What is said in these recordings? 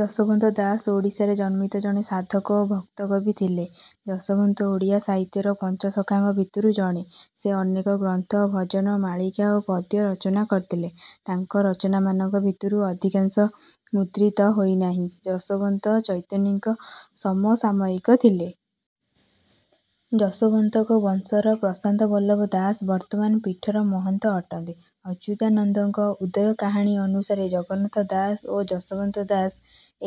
ଯଶୋବନ୍ତ ଦାସ ଓଡ଼ିଶାରେ ଜନ୍ମିତ ଜଣେ ସାଧକ ଓ ଭକ୍ତକବି ଥିଲେ। ଯଶୋବନ୍ତ ଓଡ଼ିଆ ସାହିତ୍ୟର ପଞ୍ଚସଖାଙ୍କ ଭିତରୁ ଜଣେ। ସେ ଅନେକ ଗ୍ରନ୍ଥ, ଭଜନ, ମାଳିକା ଓ ପଦ୍ୟ ରଚନା କରିଥିଲେ। ତାଙ୍କ ରଚନାମାନଙ୍କ ଭିତରୁ ଅଧିକାଂଶ ମୁଦ୍ରିତ ହୋଇନାହିଁ। ଯଶୋବନ୍ତ ଚୈତନ୍ୟଙ୍କ ସମସାମୟିକ ଥିଲେ। ଯଶୋବନ୍ତଙ୍କ ବଂଶର ପ୍ରଶାନ୍ତ ବଲ୍ଲଭ ଦାସ ବର୍ତ୍ତମାନ ପୀଠର ମହନ୍ତ ଅଟନ୍ତି। ଅଚ୍ୟୁତାନନ୍ଦଙ୍କ 'ଉଦୟ କାହାଣୀ' ଅନୁସାରେ ଜଗନ୍ନାଥ ଦାସ ଓ ଯଶୋବନ୍ତ ଦାସ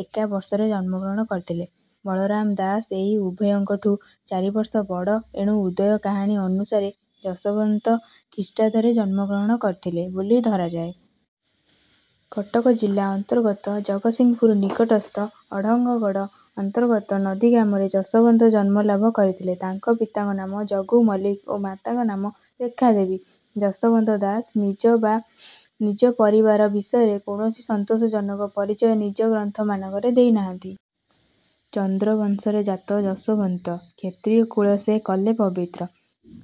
ଏକା ବର୍ଷରେ ଜନ୍ମଗ୍ରହଣ କରିଥିଲେ। ବଳରାମ ଦାସ ଏହି ଉଭୟଙ୍କଠୁଁ ଚାରିବର୍ଷ ବଡ଼। ଏଣୁ 'ଉଦୟ କାହାଣୀ' ଅନୁସାରେ ଯଶୋବନ୍ତ ଖ୍ରୀଷ୍ଟାବ୍ଦ ରେ ଜନ୍ମଗ୍ରହଣ କରିଥିଲେ ବୋଲି ଧରାଯାଏ। କଟକ ଜିଲ୍ଲା ଅନ୍ତର୍ଗତ ଜଗତସିଂହପୁର ନିକଟସ୍ଥ ଅଢ଼ଙ୍ଗଗଡ଼ ଅନ୍ତର୍ଗତ ନନ୍ଦୀଗ୍ରାମରେ ଯଶୋବନ୍ତ ଜନ୍ମଲାଭ କରିଥିଲେ। ତାଙ୍କ ପିତାଙ୍କ ନାମ ଜଗୁ ମଲ୍ଲିକ ଓ ମାତାଙ୍କ ନାମ ରେଖାଦେବୀ। ଯଶୋବନ୍ତ ଦାସ ନିଜ ବା ନିଜ ପରିବାର ବିଷୟରେ କୌଣସି ସନ୍ତୋଷଜନକ ପରିଚୟ ନିଜ ଗ୍ରନ୍ଥମାନଙ୍କରେ ଦେଇନାହାନ୍ତି। ଚନ୍ଦ୍ର ବଂଶରେ ଜାତ ଯଶୋବନ୍ତ। କ୍ଷତ୍ରିୟ କୁଳ ସେ କଲେ ପବିତ୍ର।।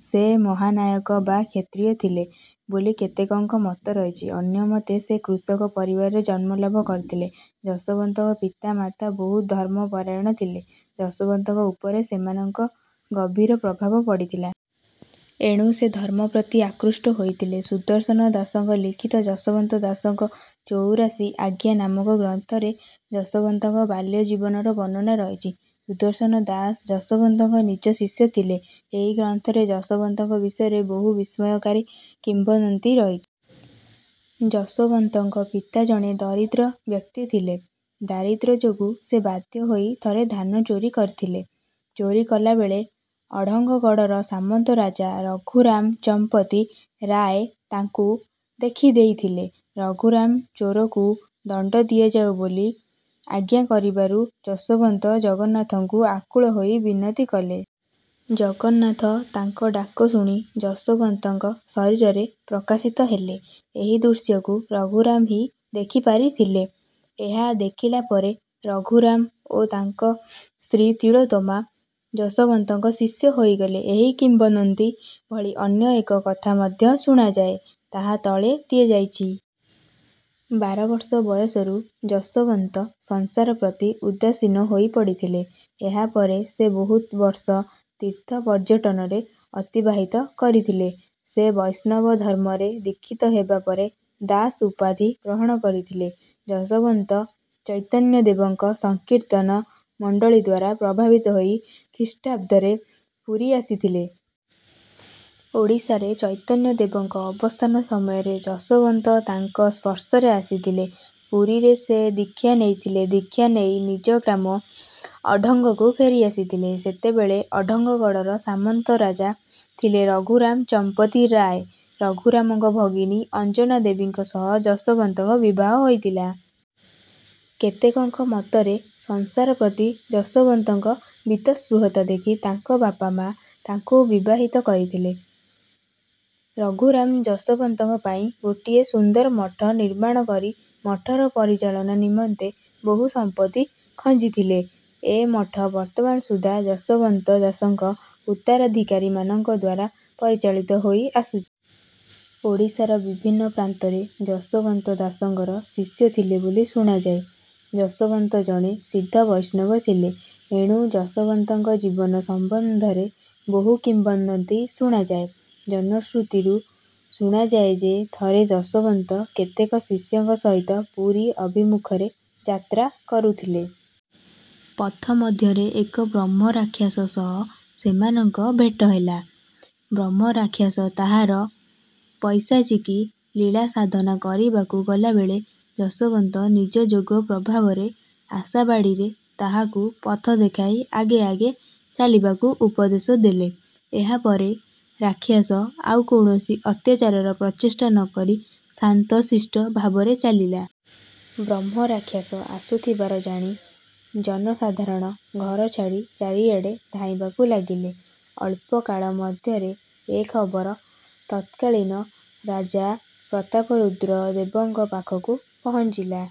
ସେ ମହାନାୟକ ବା କ୍ଷତ୍ରିୟ ଥିଲେ ବୋଲି କେତେକଙ୍କ ମତ ରହିଛି। ଅନ୍ୟମତେ ସେ କୃଷକ ପରିବାରରେ ଜନ୍ମଲାଭ କରିଥିଲେ। ଯଶୋବନ୍ତଙ୍କ ପିତା ମାତା ବହୁତ ଧର୍ମ ପରାୟଣ ଥିଲେ। ଯଶୋବନ୍ତଙ୍କ ଉପରେ ସେମାନଙ୍କ ଗଭୀର ପ୍ରଭାବ ପଡ଼ିଥିଲା। ଏଣୁ ସେ ଧର୍ମ ପ୍ରତି ଆକୃଷ୍ଟ ହୋଇଥିଲେ। ସୁଦର୍ଶନ ଦାସଙ୍କ ଲିଖିତ 'ଯଶୋବନ୍ତ ଦାସଙ୍କ ଚଉରାଶି ଆଜ୍ଞା' ନାମକ ଗ୍ରନ୍ଥରେ ଯଶୋବନ୍ତଙ୍କ ବାଲ୍ୟ ଜୀବନର ବର୍ଣ୍ଣନା ରହିଛି। ସୁଦର୍ଶନ ଦାସ ଯଶୋବନ୍ତଙ୍କ ନିଜ ଶିଷ୍ୟ ଥିଲେ। ଏହି ଗ୍ରନ୍ଥରେ ଯଶୋବନ୍ତଙ୍କ ବିଷୟରେ ବହୁ ବିସ୍ମୟକାରୀ କିମ୍ବଦନ୍ତୀ ରହିଛି। ଯଶୋବନ୍ତଙ୍କ ପିତା ଜଣେ ଦରିଦ୍ର ବ୍ୟକ୍ତି ଥିଲେ। ଦାରିଦ୍ର୍ୟ ଯୋଗୁଁ ସେ ବାଧ୍ୟ ହୋଇ ଥରେ ଧାନ ଚୋରି କରିଥିଲେ। ଚୋରି କଲାବେଳେ ଅଢ଼ଙ୍ଗଗଡ଼ର ସାମନ୍ତରାଜା ରଘୁରାମ ଚ଼ମ୍ପପତି ରାୟ ତାଙ୍କୁ ଦେଖିଦେଇଥିଲେ। ରଘୁରାମ ଚୋରକୁ ଦଣ୍ଡ ଦିଆଯାଉ ବୋଲି ଆଜ୍ଞା କରିବାରୁ ଯଶୋବନ୍ତ ଜଗନ୍ନାଥଙ୍କୁ ଆକୁଳ ହୋଇ ବିନତି କଲେ। ଜଗନ୍ନାଥ ତାଙ୍କ ଡାକ ଶୁଣି ଯଶୋବନ୍ତଙ୍କ ଶରୀରରେ ପ୍ରକାଶିତ ହେଲେ। ଏହି ଦୃଶ୍ୟକୁ ରଘୁରାମ ହିଁ ଦେଖିପାରିଥିଲେ। ଏହା ଦେଖିଲାପରେ ରଘୁରାମ ଓ ତାଙ୍କ ସ୍ତ୍ରୀ ତିଳୋତ୍ତମା ଯଶୋବନ୍ତଙ୍କ ଶିଷ୍ୟ ହୋଇଗଲେ। ଏହି କିମ୍ବଦନ୍ତୀ ଭଳି ଅନ୍ୟ ଏକ କଥା ମଧ୍ୟ ଶୁଣାଯାଏ। ତାହା ତଳେ ଦିଆଯାଇଛି। ବାରବର୍ଷ ବୟସରୁ ଯଶୋବନ୍ତ ସଂସାର ପ୍ରତି ଉଦାସୀନ ହୋଇପଡ଼ିଥିଲେ। ଏହା ପରେ ସେ ବହୁତ ବର୍ଷ ତୀର୍ଥ ପର୍ଯ୍ୟଟନରେ ଅତିବାହିତ କରିଥିଲେ। ସେ ବୈଷ୍ଣବ ଧର୍ମରେ ଦୀକ୍ଷିତ ହେବା ପରେ 'ଦାସ' ଉପାଧି ଗ୍ରହଣ କରିଥିଲେ। ଯଶୋବନ୍ତ ଚୈତନ୍ୟ ଦେବଙ୍କ ସଂକୀର୍ତ୍ତନ ମଣ୍ଡଳୀଦ୍ୱାରା ପ୍ରଭାବିତ ହୋଇ ଖ୍ରୀଷ୍ଟାବ୍ଦ ରେ ପୁରୀ ଆସିଥିଲେ। ଓଡ଼ିଶାରେ ଚୈତନ୍ୟ ଦେବଙ୍କ ଅବସ୍ଥାନ ସମୟରେ ଯଶୋବନ୍ତ ତାଙ୍କ ସଂସ୍ପର୍ଶରେ ଆସିଥିଲେ। ପୁରୀରେ ସେ ଦୀକ୍ଷା ନେଇଥିଲେ। ଦୀକ୍ଷା ନେଇ ନିଜ ଗ୍ରାମ ଅଢ଼ଙ୍ଗକୁ ଫେରିଆସିଥିଲେ। ସେତେବେଳେ ଅଢ଼ଙ୍ଗଗଡ଼ର ସାମନ୍ତ ରାଜା ଥିଲେ ରଘୁରାମ ଚମ୍ପପତି ରାୟ। ରଘୁରାମଙ୍କ ଭଗିନୀ ଅଞ୍ଜନା ଦେବୀଙ୍କ ସହ ଯଶୋବନ୍ତଙ୍କ ବିବାହ ହୋଇଥିଲା। କେତେକଙ୍କ ମତରେ ସଂସାର ପ୍ରତି ଯଶୋବନ୍ତଙ୍କ ବୀତସ୍ପୃହତା ଦେଖି ତାଙ୍କ ବାପା ମା ତାଙ୍କୁ ବିବାହିତ କରିଥିଲେ। ରଘୁରାମ ଯଶୋବନ୍ତଙ୍କ ପାଇଁ ଗୋଟିଏ ସୁନ୍ଦର ମଠ ନିର୍ମାଣ କରି ମଠର ପରିଚାଳନା ନିମନ୍ତେ ବହୁ ସମ୍ପତ୍ତି ଖଞ୍ଜିଥିଲେ। ଏ ମଠ ବର୍ତ୍ତମାନ ସୁଦ୍ଧା ଯଶୋବନ୍ତ ଦାସଙ୍କ ଉତ୍ତରାଧିକାରୀମାନଙ୍କଦ୍ୱାରା ପରିଚାଳିତ ହୋଇ ଆସୁଛି। ଓଡ଼ିଶାର ବିଭିନ୍ନ ପ୍ରାନ୍ତରେ ଯଶୋବନ୍ତ ଦାସଙ୍କର ଶିଷ୍ୟ ଥିଲେ ବୋଲି ଶୁଣାଯାଏ। ଯଶୋବନ୍ତ ଜଣେ ସିଦ୍ଧ ବୈଷ୍ଣବ ଥିଲେ। ଏଣୁ ଯଶୋବନ୍ତଙ୍କ ଜୀବନ ସମ୍ବନ୍ଧରେ ବହୁ କିମ୍ବଦନ୍ତୀ ଶୁଣାଯାଏ। ଜନଶ୍ରୁତିରୁ ଶୁଣାଯାଏ ଯେ ଥରେ ଯଶୋବନ୍ତ କେତେକ ଶିଷ୍ୟଙ୍କ ସହିତ ପୁରୀ ଅଭିମୁଖରେ ଯାତ୍ରା କରୁଥିଲେ। ପଥ ମଧ୍ୟରେ ଏକ ବ୍ରହ୍ମରାକ୍ଷସ ସହ ସେମାନଙ୍କ ଭେଟ ହେଲା। ବ୍ରହ୍ମରାକ୍ଷସ ତାହାର ପୈଶାଚିକୀ ଲୀଳା ସାଧନା କରିବାକୁ ଗଲାବେଳେ ଯଶୋବନ୍ତ ନିଜ ଯୋଗ ପ୍ରଭାବରେ ଆଶାବାଡ଼ିରେ ତାହାକୁ ପଥ ଦେଖାଇ ଆଗେ ଆଗେ ଚାଲିବାକୁ ଉପଦେଶ ଦେଲେ। ଏହା ପରେ ରାକ୍ଷସ ଆଉ କୌଣସି ଅତ୍ୟାଚାରର ପ୍ରଚେଷ୍ଟା ନ କରି ଶାନ୍ତ ଶିଷ୍ଟ ଭାବରେ ଚାଲିଲା। ବ୍ରହ୍ମରାକ୍ଷସ ଆସୁଥିବାର ଜାଣି ଜନସାଧାରଣ ଘର ଛାଡ଼ି ଚାରିଆଡ଼େ ଧାଇଁବାକୁ ଲାଗିଲେ। ଅଳ୍ପକାଳ ମଧ୍ୟରେ ଏ ଖବର ତତ୍କାଳୀନ ରାଜା ପ୍ରତାପରୁଦ୍ର ଦେବଙ୍କ ପାଖକୁ ପହଞ୍ଚିଲା।